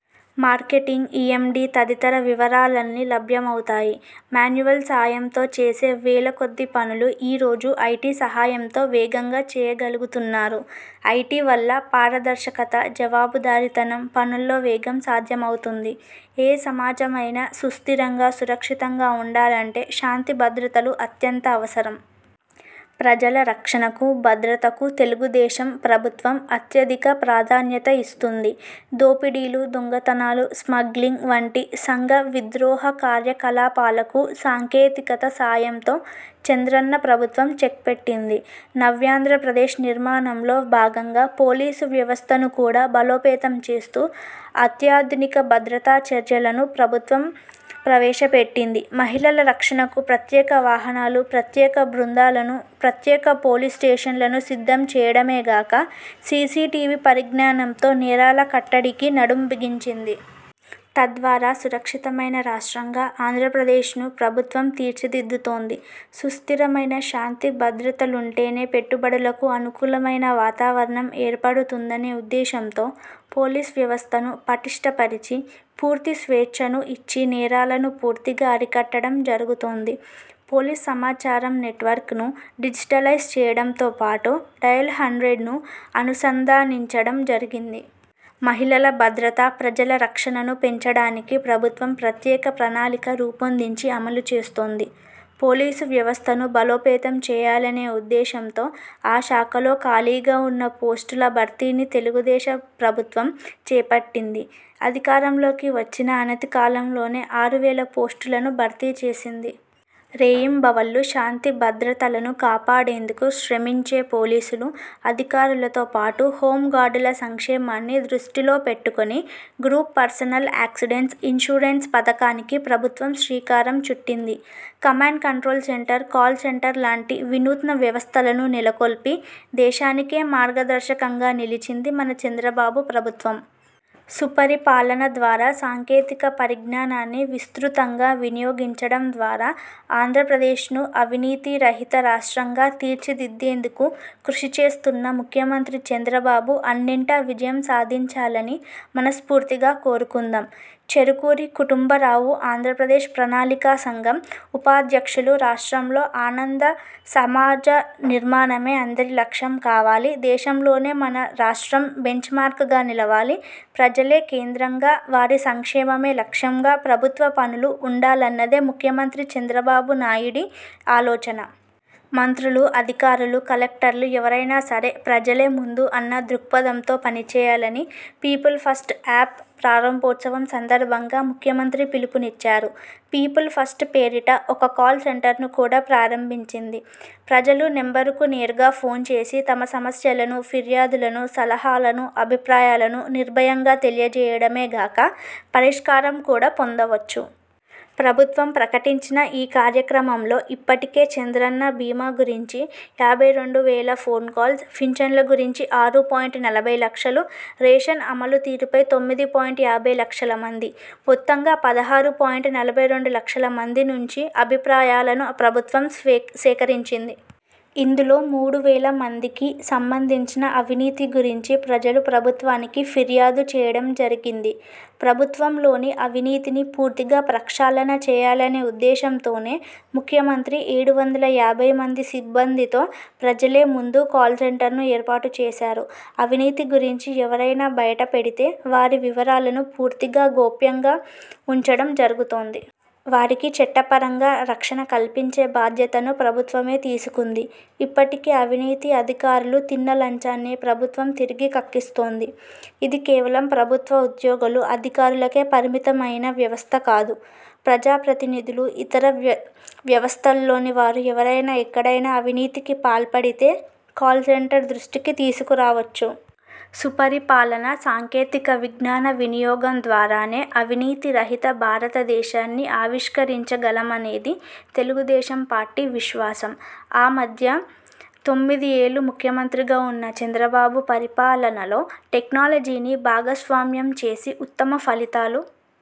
Marketing, ఈ-మండీ తదితర వివరాలన్నీ లభ్యమవుతాయి. మాన్యువల్ సాయంతో చేసే వేల కొద్దీ పనులు ఈ రోజు ఐటీ సహాయంతో వేగంగా చేయగలుగుతున్నారు. ఐటీ వల్ల పారదర్శకత, జవాబుదారీతనం, పనుల్లో వేగం సాధ్యమవుతుంది. ఏ సమాజమైనా సుస్థిరంగా, సురక్షితంగా ఉండాలంటే శాంతి భద్రతలు అత్యంత అవసరం. ప్రజల రక్షణకు, భద్రతకు తెలుగుదేశం ప్రభుత్వం అత్యధిక ప్రాధాన్యత ఇస్తుంది. దోపిడీలు, దొంగతనాలు, స్మగ్లింగ్, వంటి సంఘ విద్రోహ కార్యకలాపాలకు సాంకేతికత సాయంతో చంద్రన్న ప్రభుత్వం చెక్పెట్టింది. నవ్యాంధ్రప్రదేశ్ నిర్మాణంలో భాగంగా పోలీసు వ్యవస్థను కూడా బలోపేతం చేస్తూ అత్యాధునిక భద్రతా చర్యలను ప్రభుత్వం ప్రవేశపెట్టింది. మహిళల రక్షణకు ప్రత్యేక వాహనాలు, ప్రత్యేక బృందాలను, ప్రత్యేక పోలీస్ స్టెషన్లను సిద్ధం చేయడమే గాక, సీసీటీవీ పరిజ్ఞానంతో నేరాల కట్టడికి నడుం బిగించింది. తద్వారా సురక్షితమైన రాష్ట్రంగా ఆంధ్రప్రదేశ్ను ప్రభుత్వం తీర్చిదిద్దుతోంది. సుస్థిరమైన శాంతి భద్రతలుంటేనే పెట్టుబడులకు అనుకూలమైన వాతావరణం ఏర్పడుతుందనే ఉద్దేశంతో పోలీస్ వ్యవస్థను పటిష్ఠ పరిచి, పూర్తి స్వేచ్ఛను ఇచ్చి నేరాలను పూర్తిగా అరికట్టడం జరుగుతోంది. పోలీస్ సమాచారం నెట్వర్క్ ను డిజిటలైజ్ చేయడంతోపాటు డయల్ హండ్రెడ్ ను అనుసంధానించడం జరిగింది. మహిళల భద్రత, ప్రజల రక్షణను పెంచడానికి ప్రభుత్వం ప్రత్యేక ప్రణాళిక రూపొందించి అమలు చేస్తోంది. పోలీసు వ్యవస్థను బలోపేతం చేయాలనే ఉద్దేశంతో ఆ శాఖలో ఖాళీగా ఉన్న పోస్టుల భర్తీని తెలుగుదేశం ప్రభుత్వం చేపట్టింది. అధికారంలోకి వచ్చిన అనతి కాలంలోనే ఆరు వేల పోస్టులను భర్తీ చేసింది. రేయింబవళ్లు శాంతి భద్రతలను కాపాడేందుకు శ్రమించే పోలీసులు, అధికారులతో పాటు హోంగార్డుల సంక్షేమాన్ని దృష్టిలో పెట్టుకొని గ్రూప్ పర్సనల్ యాక్సిడెంట్స్ ఇన్సూరెన్స్ పథకానికి ప్రభుత్వం శ్రీకారం చుట్టింది. Command control centre, call centre లాంటి వినూత్న వ్యవస్థలను నెలకొల్పి దేశానికే మార్గదర్శకంగా నిలిచింది మన చంద్రబాబు ప్రభుత్వం. సుపరిపాలన ద్వారా సాంకేతిక పరిజ్ఞానాన్ని విస్తృతంగా వినియోగించడం ద్వారా ఆంధ్రప్రదేశ్ను అవినీతిరహిత రాష్ట్రంగా తీర్చిదిద్దేందుకు కృషి చేస్తున్న ముఖ్యమంత్రి చంద్రబాబు అన్నింటా విజయం సాధించాలని మనస్ఫూర్తిగా కోరుకుందాం. చెరుకూరి కుటుంబరావుఆంధ్రప్రదేశ్ ప్రణాళికా సంఘం ఉపాధ్యక్షులు రాష్ట్రంలో ఆనంద సమాజ నిర్మాణమే అందరి లక్ష్యం కావాలి, దేశంలోనే మన రాష్ట్రం బెంచ్మార్క్ గా నిలవాలి, ప్రజలే కేంద్రంగా వారి సంక్షేమమే లక్ష్యంగా ప్రభుత్వ పనులు ఉండాలన్నదే ముఖ్యమంత్రి చంద్రబాబునాయుడి అలోచన. మంత్రులు, అధికారులు, కలెక్టర్లు, ఎవరైనా సరే ప్రజలే ముందు అన్న దృక్పథంతో పనిచేయాలని పీపుల్ఫస్ట్ యాప్ ప్రారంభోత్సవం సందర్భంగా ముఖ్యమంత్రి పిలుపునిచ్చారు. పీపుల్ ఫస్ట్ పేరిట ఒక కాల్ సెంటర్ను కూడా ప్రారంభించింది. ప్రజలు నెంబరుకు నేరుగా ఫోన్ చేసి తమ సమస్యలను, ఫిర్యాదులను, సలహాలను, అభిప్రాయాలను నిర్భయంగా తెలియచేయడమే గాక, పరిష్కారం కూడా పొందవచ్చు. ప్రభుత్వం ప్రకటించిన ఈ కార్యక్రమంలో ఇప్పటికే చంద్రన్న బీమా గురించి యాభై రెండు వేల ఫోన్ కాల్స్, పింఛన్ల గురించి ఆరు పాయింట్ నలభై లక్షలు, రేషన్ అమలు తీరుపై తొమ్మిది పాయింట్ యాభై లక్షల మంది. మొత్తంగా పదహారు పాయింట్ నలభై రెండు లక్షల మంది నుంచి అభిప్రాయాలను ప్రభుత్వం సేకరించింది. ఇందులో మూడు వేల మందికి సంబంధించిన అవినీతి గురించి ప్రజలు ప్రభుత్వానికి ఫిర్యాదు చేయడం జరిగింది. ప్రభుత్వంలోని అవినీతిని పూర్తిగా ప్రక్షాళన చేయాలనే ఉద్దేశంతోనే ముఖ్యమంత్రి ఏడు వందల యాభై మంది సిబ్బందితో ప్రజలే ముందు కాల్సెంటర్ను ఏర్పాటు చేశారు. అవినీతి గురించి ఎవరైనా బయటపెడితే వారి వివరాలను పూర్తి గోప్యంగా ఉంచడం జరుగుతోంది. వారికి చట్టపరంగా రక్షణ కల్పించే బాధ్యతను ప్రభుత్వమే తీసుకుంది. ఇప్పటికే అవినీతి అధికారులు తిన్న లంచాన్ని ప్రభుత్వం తిరిగి కక్కిస్తోంది. ఇది కేవలం ప్రభుత్వ ఉద్యోగులు, అధికారులకే పరిమితమయిన వ్యవస్థకాదు. ప్రజా ప్రతినిధులు, ఇతర వ్యవస్థల్లోని వారు ఎవరైనా ఎక్కడైనా అవినీతికి పాల్పడితే కాల్సెంటర్ దృష్టికి తీసుకురావచ్చు. సుపరిపాలన, సాంకేతిక విజ్ఞాన వినియోగం ద్వారానే అవినీతి రహిత భారతదేశాన్ని ఆవిష్కరించ గలమనేది తెలుగుదేశం పార్టీ విశ్వాసం. ఆ మధ్య తొమ్మిది ఏళ్లు ముఖ్యమంత్రిగా ఉన్న చంద్రబాబు పరిపాలనలో టెక్నాలజీని భాగస్వామ్యం చేసి ఉత్తమ ఫలితాలు